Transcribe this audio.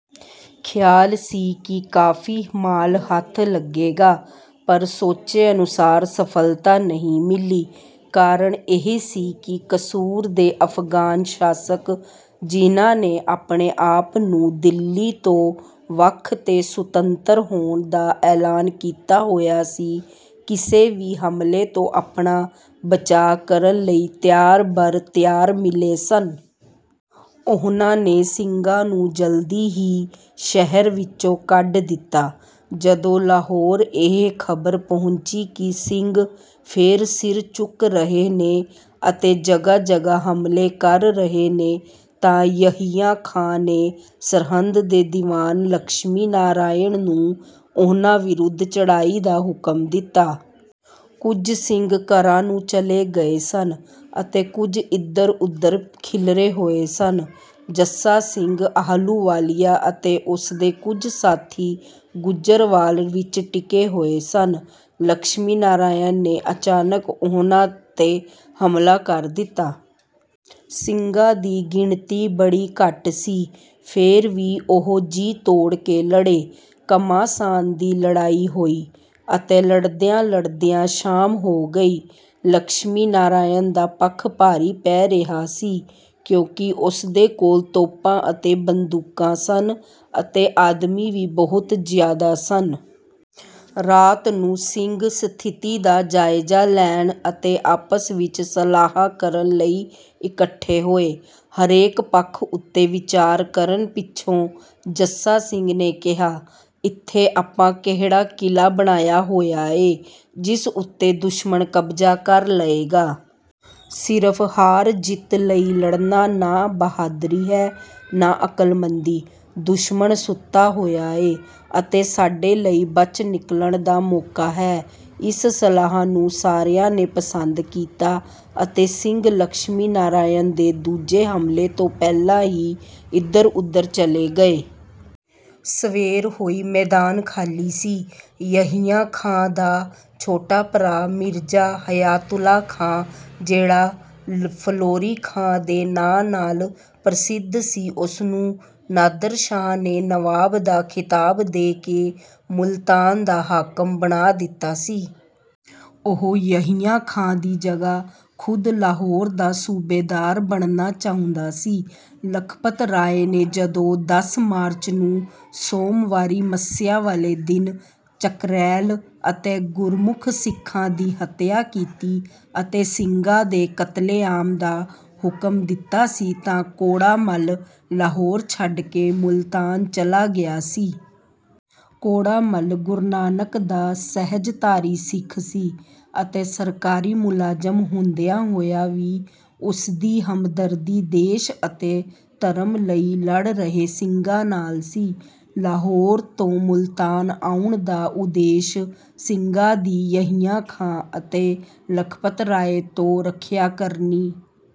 ਖ਼ਿਆਲ ਸੀ ਕਿ ਕਾਫ਼ੀ ਮਾਲ ਹੱਥ ਲੱਗੇਗਾ। ਪਰ ਸੋਚੇ ਅਨੁਸਾਰ ਸਫਲਤਾ ਨਹੀਂ ਮਿਲੀ। ਕਾਰਨ ਇਹ ਸੀ ਕਿ ਕਸੂਰ ਦੇ ਅਫ਼ਗਾਨ ਸ਼ਾਸਕ, ਜਿਹਨਾਂ ਨੇ ਆਪਣੇ ਆਪ ਨੂੰ ਦਿੱਲੀ ਤੋਂ ਵੱਖ ਤੇ ਸੁਤੰਤਰ ਹੋਣ ਦਾ ਐਲਾਨ ਕੀਤਾ ਹੋਇਆ ਸੀ, ਕਿਸੇ ਵੀ ਹਮਲੇ ਤੋਂ ਆਪਣਾ ਬਚਾਅ ਕਰਨ ਲਈ ਤਿਆਰ-ਬਰ-ਤਿਆਰ ਮਿਲੇ ਸਨ। ਉਹਨਾਂ ਨੇ ਸਿੰਘਾਂ ਨੂੰ ਜਲਦੀ ਹੀ ਸ਼ਹਿਰ ਵਿੱਚੋਂ ਕੱਢ ਦਿੱਤਾ। ਜਦੋਂ ਲਾਹੌਰ ਇਹ ਖ਼ਬਰ ਪਹੁੰਚੀ ਕਿ ਸਿੰਘ ਫੇਰ ਸਿਰ ਚੁੱਕ ਰਹੇ ਨੇ ਅਤੇ ਜਗ੍ਹਾ-ਜਗ੍ਹਾ ਹਮਲੇ ਕਰ ਰਹੇ ਨੇ, ਤਾਂ ਯਹੀਆ ਖਾਂ ਨੇ ਸਰਹਿੰਦ ਦੇ ਦੀਵਾਨ ਲਕਸ਼ਮੀ ਨਾਰਾਇਣ ਨੂੰ ਉਹਨਾਂ ਵਿਰੁੱਧ ਚੜ੍ਹਾਈ ਦਾ ਹੁਕਮ ਦਿੱਤਾ। ਕੁਝ ਸਿੰਘ ਘਰਾਂ ਨੂੰ ਚਲੇ ਗਏ ਸਨ ਅਤੇ ਕੁਝ ਇਧਰ-ਉਧਰ ਖਿੱਲਰੇ ਹੋਏ ਸਨ। ਜੱਸਾ ਸਿੰਘ ਆਹਲੂਵਾਲੀਆ ਅਤੇ ਉਸਦੇ ਕੁਝ ਸਾਥੀ ਗੁੱਜਰਵਾਲ ਵਿੱਚ ਟਿਕੇ ਹੋਏ ਸਨ। ਲਕਸ਼ਮੀ ਨਾਰਾਇਣ ਨੇ ਅਚਾਨਕ ਉਹਨਾਂ ਉੱਤੇ ਹਮਲਾ ਕਰ ਦਿੱਤਾ। ਸਿੰਘਾਂ ਦੀ ਗਿਣਤੀ ਬੜੀ ਘੱਟ ਸੀ, ਫੇਰ ਵੀ ਉਹ ਜੀਅ-ਤੋੜ ਕੇ ਲੜੇ। ਘਮਾਸਾਨ ਦੀ ਲੜਾਈ ਹੋਈ ਅਤੇ ਲੜਦਿਆਂ-ਲੜਦਿਆਂ ਸ਼ਾਮ ਹੋ ਗਈ। ਲਕਸ਼ਮੀ ਨਾਰਾਇਣ ਦਾ ਪੱਖ ਭਾਰੀ ਪੈ ਰਿਹਾ ਸੀ, ਕਿਉਂਕਿ ਉਸਦੇ ਕੋਲ ਤੋਪਾਂ ਅਤੇ ਬੰਦੂਕਾਂ ਸਨ ਅਤੇ ਆਦਮੀ ਵੀ ਬਹੁਤ ਜ਼ਿਆਦਾ ਸਨ। ਰਾਤ ਨੂੰ ਸਿੰਘ ਸਥਿਤੀ ਦਾ ਜਾਇਜ਼ਾ ਲੈਣ ਅਤੇ ਆਪਸ ਵਿੱਚ ਸਲਾਹ ਕਰਨ ਲਈ ਇਕੱਠੇ ਹੋਏ। ਹਰੇਕ ਪੱਖ ਉੱਤੇ ਵਿਚਾਰ ਕਰਨ ਪਿੱਛੋਂ ਜੱਸਾ ਸਿੰਘ ਨੇ ਕਿਹਾ, "ਇੱਥੇ ਆਪਾਂ ਕਿਹੜਾ ਕਿਲ੍ਹਾ ਬਣਾਇਆ ਹੋਇਆ ਏ, ਜਿਸ ਉੱਤੇ ਦੁਸ਼ਮਣ ਕਬਜ਼ਾ ਕਰ ਲਏਗਾ। ਸਿਰਫ਼ ਹਾਰ-ਜਿੱਤ ਲਈ ਲੜਨਾ ਨਾ ਬਹਾਦਰੀ ਹੈ, ਨਾ ਅਕਲਮੰਦੀ। ਦੁਸ਼ਮਣ ਸੁੱਤਾ ਹੋਇਆ ਏ ਅਤੇ ਸਾਡੇ ਲਈ ਬਚ ਨਿਕਲਣ ਦਾ ਮੌਕਾ ਹੈ।" ਇਸ ਸਲਾਹ ਨੂੰ ਸਾਰਿਆਂ ਨੇ ਪਸੰਦ ਕੀਤਾ ਅਤੇ ਸਿੰਘ ਲਕਸ਼ਮੀ ਨਾਰਾਇਣ ਦੇ ਦੂਜੇ ਹਮਲੇ ਤੋਂ ਪਹਿਲਾਂ ਹੀ ਇਧਰ-ਉਧਰ ਚਲੇ ਗਏ। ਸਵੇਰ ਹੋਈ, ਮੈਦਾਨ ਖਾਲੀ ਸੀ। ਯਹੀਆ ਖਾਂ ਦਾ ਛੋਟਾ ਭਰਾ ਮਿਰਜ਼ਾ ਹਯਾਤੁੱਲਾ ਖਾਂ, ਜਿਹੜਾ ਫਲੌਰੀ ਖਾਂ ਦੇ ਨਾਂ ਨਾਲ ਪ੍ਰਸਿੱਧ ਸੀ, ਉਸਨੂੰ ਨਾਦਰ ਸ਼ਾਹ ਨੇ ਨਵਾਬ ਦਾ ਖਿਤਾਬ ਦੇ ਕੇ ਮੁਲਤਾਨ ਦਾ ਹਾਕਮ ਬਣਾ ਦਿੱਤਾ ਸੀ। ਉਹ ਯਹੀਆ ਖਾਂ ਦੀ ਜਗ੍ਹਾ ਖ਼ੁਦ ਲਾਹੌਰ ਦਾ ਸੂਬੇਦਾਰ ਬਣਨਾ ਚਾਹੁੰਦਾ ਸੀ। ਲਖਪਤ ਰਾਏ ਨੇ ਜਦੋਂ ਦੱਸ ਮਾਰਚ ਨੂੰ, ਸੋਮਵਾਰੀ ਮੱਸਿਆ ਵਾਲੇ ਦਿਨ, ਚਕਰੈਲ ਅਤੇ ਗੁਰਮੁਖ ਸਿੱਖਾਂ ਦੀ ਹੱਤਿਆ ਕੀਤੀ ਅਤੇ ਸਿੰਘਾਂ ਦੇ ਕਤਲੇਆਮ ਦਾ ਹੁਕਮ ਦਿੱਤਾ ਸੀ, ਤਾਂ ਕੌੜਾ ਮੱਲ ਲਾਹੌਰ ਛੱਡ ਕੇ ਮੁਲਤਾਨ ਚਲਾ ਗਿਆ ਸੀ। ਕੌੜਾ ਮੱਲ ਗੁਰੂ ਨਾਨਕ ਦਾ ਸਹਿਜਧਾਰੀ ਸਿੱਖ ਸੀ ਅਤੇ ਸਰਕਾਰੀ ਮੁਲਾਜ਼ਮ ਹੁੰਦਿਆਂ ਹੋਇਆਂ ਵੀ ਉਸਦੀ ਹਮਦਰਦੀ ਦੇਸ਼ ਅਤੇ ਧਰਮ ਲਈ ਲੜ ਰਹੇ ਸਿੰਘਾਂ ਨਾਲ ਸੀ। ਲਾਹੌਰ ਤੋਂ ਮੁਲਤਾਨ ਆਉਣ ਦਾ ਉਦੇਸ਼ ਸਿੰਘਾਂ ਦੀ ਯਹੀਆ ਖਾਂ ਅਤੇ ਲਖਪਤ ਰਾਏ ਤੋਂ ਰੱਖਿਆ ਕਰਨੀ